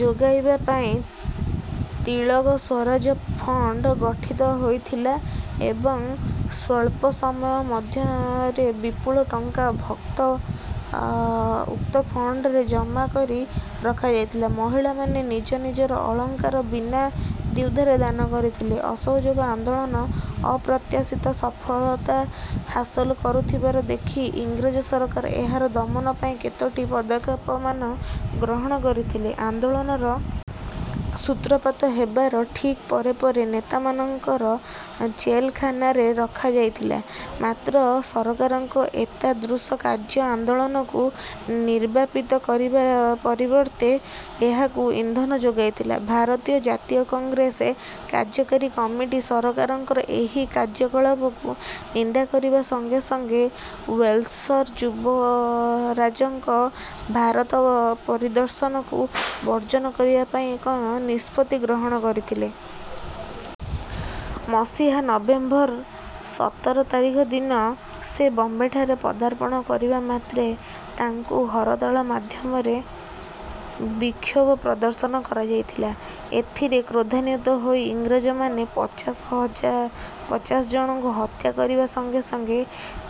ଯୋଗାଇବା ପାଇଁ "ତିଳକ ସ୍ୱରାଜ୍ୟ ଫଣ୍ଡ" ଗଠିତ ହୋଇଥିଲା ଏବଂ ସ୍ୱଲ୍ପ ସମୟ ମଧ୍ୟରେ ବିପୁଳ ଟଙ୍କା ଭକ୍ତ ଉକ୍ତ ଫଣ୍ଡରେ ଜମା କରି ରଖାଯାଇଥିଲା। ମହିଳାମାନେ ନିଜ ନିଜର ଅଳଙ୍କାର ବିନା ଦ୍ୱିଧାରେ ଦାନ କରିଥିଲେ। ଅସହଯୋଗ ଆନ୍ଦୋଳନ ଅପ୍ରତ୍ୟାଶିତ ସଫଳତା ହାସଲ କରୁଥିବାର ଦେଖି ଇଂରେଜ ସରକାର ଏହାର ଦମନ ପାଇଁ କେତୋଟି ପଦକ୍ଷେପମାନ ଗ୍ରହଣ କରିଥିଲେ। ଆନ୍ଦୋଳନର ସୂତ୍ରପାତ ହେବାର ଠିକ୍ ପରେ ପରେ ନେତାମାନଙ୍କୁ ଜେଲଖାନାରେ ରଖାଯାଇଥିଲା। ମାତ୍ର ସରକାରଙ୍କ ଏତାଦୃଶ କାର୍ଯ୍ୟ ଆନ୍ଦୋଳନକୁ ନିର୍ବାପିତ କରିବା ପରିବର୍ତ୍ତେ ଏହାକୁ ଇନ୍ଧନ ଯୋଗାଇଥିଲା। ଭାରତୀୟ ଜାତୀୟ କଂଗ୍ରେସର କାର୍ଯ୍ୟକାରୀ କମିଟି ସରକାରଙ୍କର ଏହି କାର୍ଯ୍ୟକଳାପକୁ ନିନ୍ଦା କରିବା ସଙ୍ଗେ ସଙ୍ଗେ ୱେଲସର ଯୁବରାଜଙ୍କ ଭାରତ ପରିଦର୍ଶନକୁ ବର୍ଜନ କରିବା ପାଇଁ ଏକ ନିଷ୍ପତ୍ତି ଗ୍ରହଣ କରିଥିଲେ। ମସିହା ନଭେମ୍ବର ସତର ତାରିଖ ଦିନ ସେ ବମ୍ବେଠାରେ ପଦାର୍ପଣ କରିବା ମାତ୍ରେ ତାଙ୍କୁ ହରତାଳ ମାଧ୍ୟମରେ ବିକ୍ଷୋଭ ପ୍ରଦର୍ଶନ କରାଯାଇଥିଲା। ଏଥିରେ କ୍ରୋଧାନ୍ୱିତ ହୋଇ ଇଂରେଜମାନେ ପଚାଶ ହଜାର ଜଣଙ୍କୁ ହତ୍ୟା କରିବା ସଙ୍ଗେ ସଙ୍ଗେ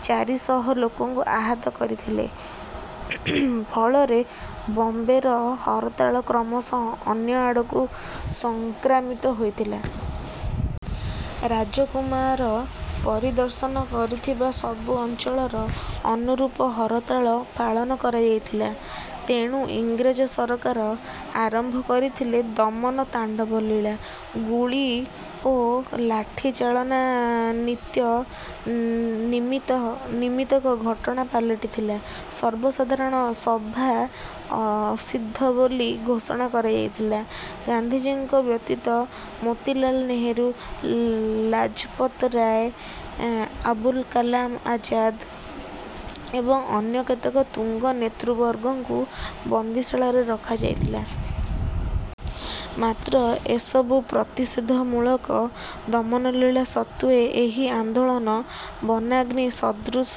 ଚାରିଶହ ଲୋକଙ୍କୁ ଆହାତ କରିଥିଲେ। ଫଳରେ ବମ୍ବେର ହରତାଳ କ୍ରମଶଃ ଅନ୍ୟ ଆଡ଼କୁ ସଂକ୍ରାମିତ ହୋଇଥିଲା। ରାଜକୁମାର ପରିଦର୍ଶନ କରିଥିବା ସବୁ ଅଞ୍ଚଳରେ ଅନୁରୂପ ହରତାଳ ପାଳନ କରାଯାଇଥିଲା। ତେଣୁ ଇଂରେଜ ସରକାର ଆରମ୍ଭ କରିଥିଲେ ଦମନ ତାଣ୍ଡବଲୀଳା। ଗୁଳି ଓ ଲାଠି ଚାଳନା ନିତ୍ୟ ନିମିତ୍ତହ ନିମିତ୍ତକ ଘଟଣା ପାଲଟିଥିଲା। ସର୍ବସାଧାରଣ ସଭା ଅସିଦ୍ଧ ବୋଲି ଘୋଷଣା କରାଯାଇଥିଲା। ଗାନ୍ଧିଜୀଙ୍କ ବ୍ୟତୀତ ମୋତିଲାଲ୍ ନେହେରୁ, ଲାଜପତ ରାୟ, ଆବୁଲ କାଲାମ ଆଜାଦ ଏବଂ ଅନ୍ୟ କେତେକ ତୁଙ୍ଗ ନେତୃବର୍ଗଙ୍କୁ ବନ୍ଦୀଶାଳାରେ ରଖାଯାଇଥିଲା। ମାତ୍ର ଏସବୁ ପ୍ରତିଷେଧମୂଳକ ଦମନଲୀଳା ସତ୍ତ୍ୱେ ଏହି ଆନ୍ଦୋଳନ ବନାଗ୍ନି ସଦୃଶ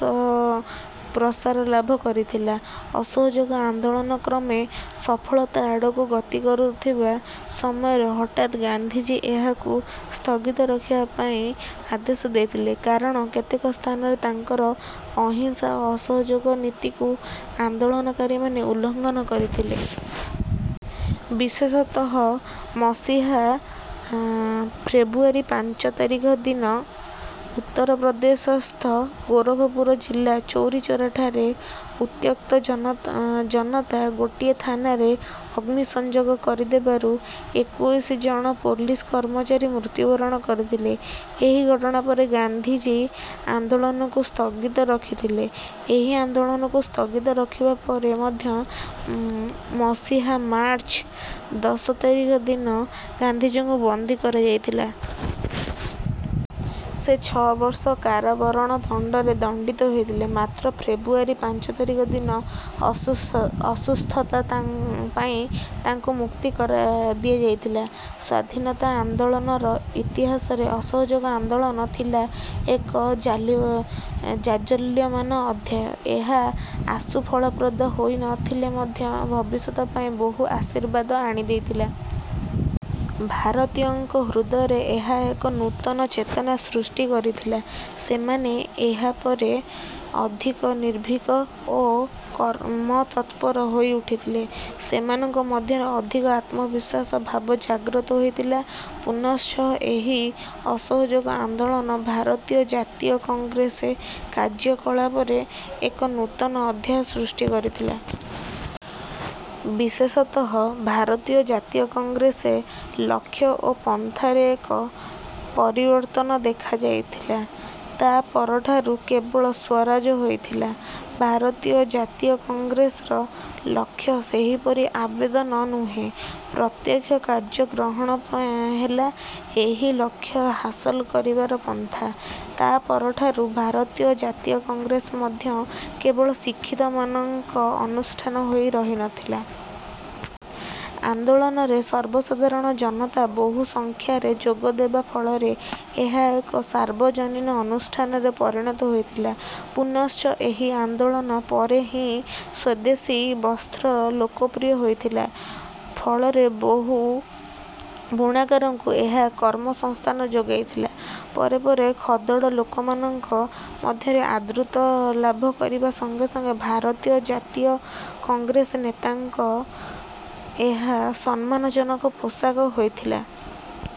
ପ୍ରସାରଲାଭ କରିଥିଲା। ଅସହଯୋଗ ଆନ୍ଦୋଳନ କ୍ରମେ ସଫଳତା ଆଡ଼କୁ ଗତି କରୁଥିବା ସମୟରେ ହଠାତ୍ ଗାନ୍ଧିଜୀ ଏହାକୁ ସ୍ଥଗିତ ରଖିବା ପାଇଁ ଆଦେଶ ଦେଇଥିଲେ; କାରଣ କେତେକ ସ୍ଥାନରେ ତାଙ୍କର ଅହିଂସା ଓ ଅସହଯୋଗ ନୀତିକୁ ଆନ୍ଦୋଳନକାରୀମାନେ ଉଲ୍ଲଂଘନ କରିଥିଲେ। ବିଶେଷତଃ ମସିହା ଫେବୃୟାରୀ ପାଞ୍ଚ ତାରିଖ ଦିନ ଉତ୍ତର-ପ୍ରଦେଶସ୍ଥ ଗୋରଖପୁର ଜିଲ୍ଲାର ଚୌରିଚୌରାଠାରେ ଉତ୍ତ୍ୟକ୍ତ ଜନତା ଗୋଟିଏ ଥାନାରେ ଅଗ୍ନି ସଂଯୋଗ କରିଦେବାରୁ ଏକୋଇଶ ଜଣ ପୋଲିସ କର୍ମଚାରୀ ମୃତ୍ୟୁବରଣ କରିଥିଲେ। ଏହି ଘଟଣା ପରେ ଗାନ୍ଧିଜୀ ଆନ୍ଦୋଳନକୁ ସ୍ଥଗିତ ରଖିଥିଲେ। ଏହି ଆନ୍ଦୋଳନକୁ ସ୍ଥଗିତ ରଖିବା ପରେ ମଧ୍ୟ ମସିହା ମାର୍ଚ୍ଚ ଦଶ ତାରିଖ ଦିନ ଗାନ୍ଧିଜୀଙ୍କୁ ବନ୍ଦୀ କରାଯାଇଥିଲା। ସେ ଛଅ ବର୍ଷ କାରାବରଣ ଦଣ୍ଡରେ ଦଣ୍ଡିତ ହୋଇଥିଲେ। ମାତ୍ର ଫେବୃୟାରୀ ପାଞ୍ଚ ତାରିଖ ଦିନ ଅଶ୍ୱସ୍ ଅସୁସ୍ଥତା ପାଇଁ ତାଙ୍କୁ ମୁକ୍ତି କରା ଦିଆଯାଇଥିଲା। ସ୍ୱାଧୀନତା ଆନ୍ଦୋଳନର ଇତିହାସରେ ଅସହଯୋଗ ଆନ୍ଦୋଳନ ଥିଲା ଏକ ଜାଜ୍ୱଲ୍ୟମାନ ଅଧ୍ୟାୟ। ଏହା ଆଶୁ ଫଳପ୍ରଦ ହୋଇ ନ ଥିଲେ ମଧ୍ୟ ଭବିଷ୍ୟତ ପାଇଁ ବହୁ ଆଶୀର୍ବାଦ ଆଣିପାରିଥିଲା। ଭାରତୀୟଙ୍କ ହୃଦୟରେ ଏହା ଏକ ନୂତନ ଚେତନା ସୃଷ୍ଟି କରିଥିଲା। ସେମାନେ ଏହାପରେ ଅଧିକ ନିର୍ଭୀକ ଓ କର୍ମତତ୍ପର ହୋଇଉଠିଥିଲେ। ସେମାନଙ୍କ ମଧ୍ୟରେ ଅଧିକ ଆତ୍ମବିଶ୍ୱାସ ଭାବ ଜାଗ୍ରତ ହୋଇଥିଲା। ପୁନଶ୍ଚ ଏହି ଅସହଯୋଗ ଆନ୍ଦୋଳନ ଭାରତୀୟ ଜାତୀୟ କଂଗ୍ରେସ କାର୍ଯ୍ୟକଳାପରେ ଏକ ନୂତନ ଅଧ୍ୟାୟ ସୃଷ୍ଟି କରିଥିଲା। ବିଶେଷତଃ ଭାରତୀୟ ଜାତୀୟ କଂଗ୍ରେସର ଲକ୍ଷ୍ୟ ଓ ପନ୍ଥାରେ ଏକ ପରିବର୍ତ୍ତନ ଦେଖାଯାଇଥିଲା। ତା' ପରଠାରୁ କେବଳ ସ୍ୱରାଜ ହୋଇଥିଲା ଭାରତୀୟ ଜାତୀୟ କଂଗ୍ରେସର ଲକ୍ଷ୍ୟ। ସେହିପରି ଆବେଦନ ନୁହେଁ, ପ୍ରତ୍ୟକ୍ଷ କାର୍ଯ୍ୟ ଗ୍ରହଣ ହେଲା ଏହି ଲକ୍ଷ୍ୟ ହାସଲ କରିବାର ପନ୍ଥା। ତା' ପରଠାରୁ ଭାରତୀୟ ଜାତୀୟ କଂଗ୍ରେସ ମଧ୍ୟ କେବଳ ଶିକ୍ଷିତମାନଙ୍କ ଅନୁଷ୍ଠାନ ହୋଇ ରହି ନ ଥିଲା। ଆନ୍ଦୋଳନରେ ସର୍ବସାଧାରଣ ଜନତା ବହୁସଂଖ୍ୟାରେ ଯୋଗଦେବା ଫଳରେ ଏହା ଏକ ସାର୍ବଜନୀନ ଅନୁଷ୍ଠାନରେ ପରିଣତ ହୋଇଥିଲା। ପୁନଶ୍ଚ ଏହି ଆନ୍ଦୋଳନ ପରେ ହିଁ ସ୍ୱଦେଶୀ ବସ୍ତ୍ର ଲୋକପ୍ରିୟ ହୋଇଥିଲା। ଫଳରେ ବହୁ ବୁଣାକାରଙ୍କୁ ଏହା କର୍ମସଂସ୍ଥାନ ଯୋଗାଇଥିଲା। ପରେ ପରେ ଖଦଡ଼ ଲୋକମାନଙ୍କ ମଧ୍ୟରେ ଆଦୃତି ଲାଭ କରିବା ସଙ୍ଗେ ସଙ୍ଗେ ଭାରତୀୟ ଜାତୀୟ କଂଗ୍ରେସ ନେତାଙ୍କର ଏହା ସମ୍ମାନଜନକ ପୋଷାକ ହୋଇଥିଲା।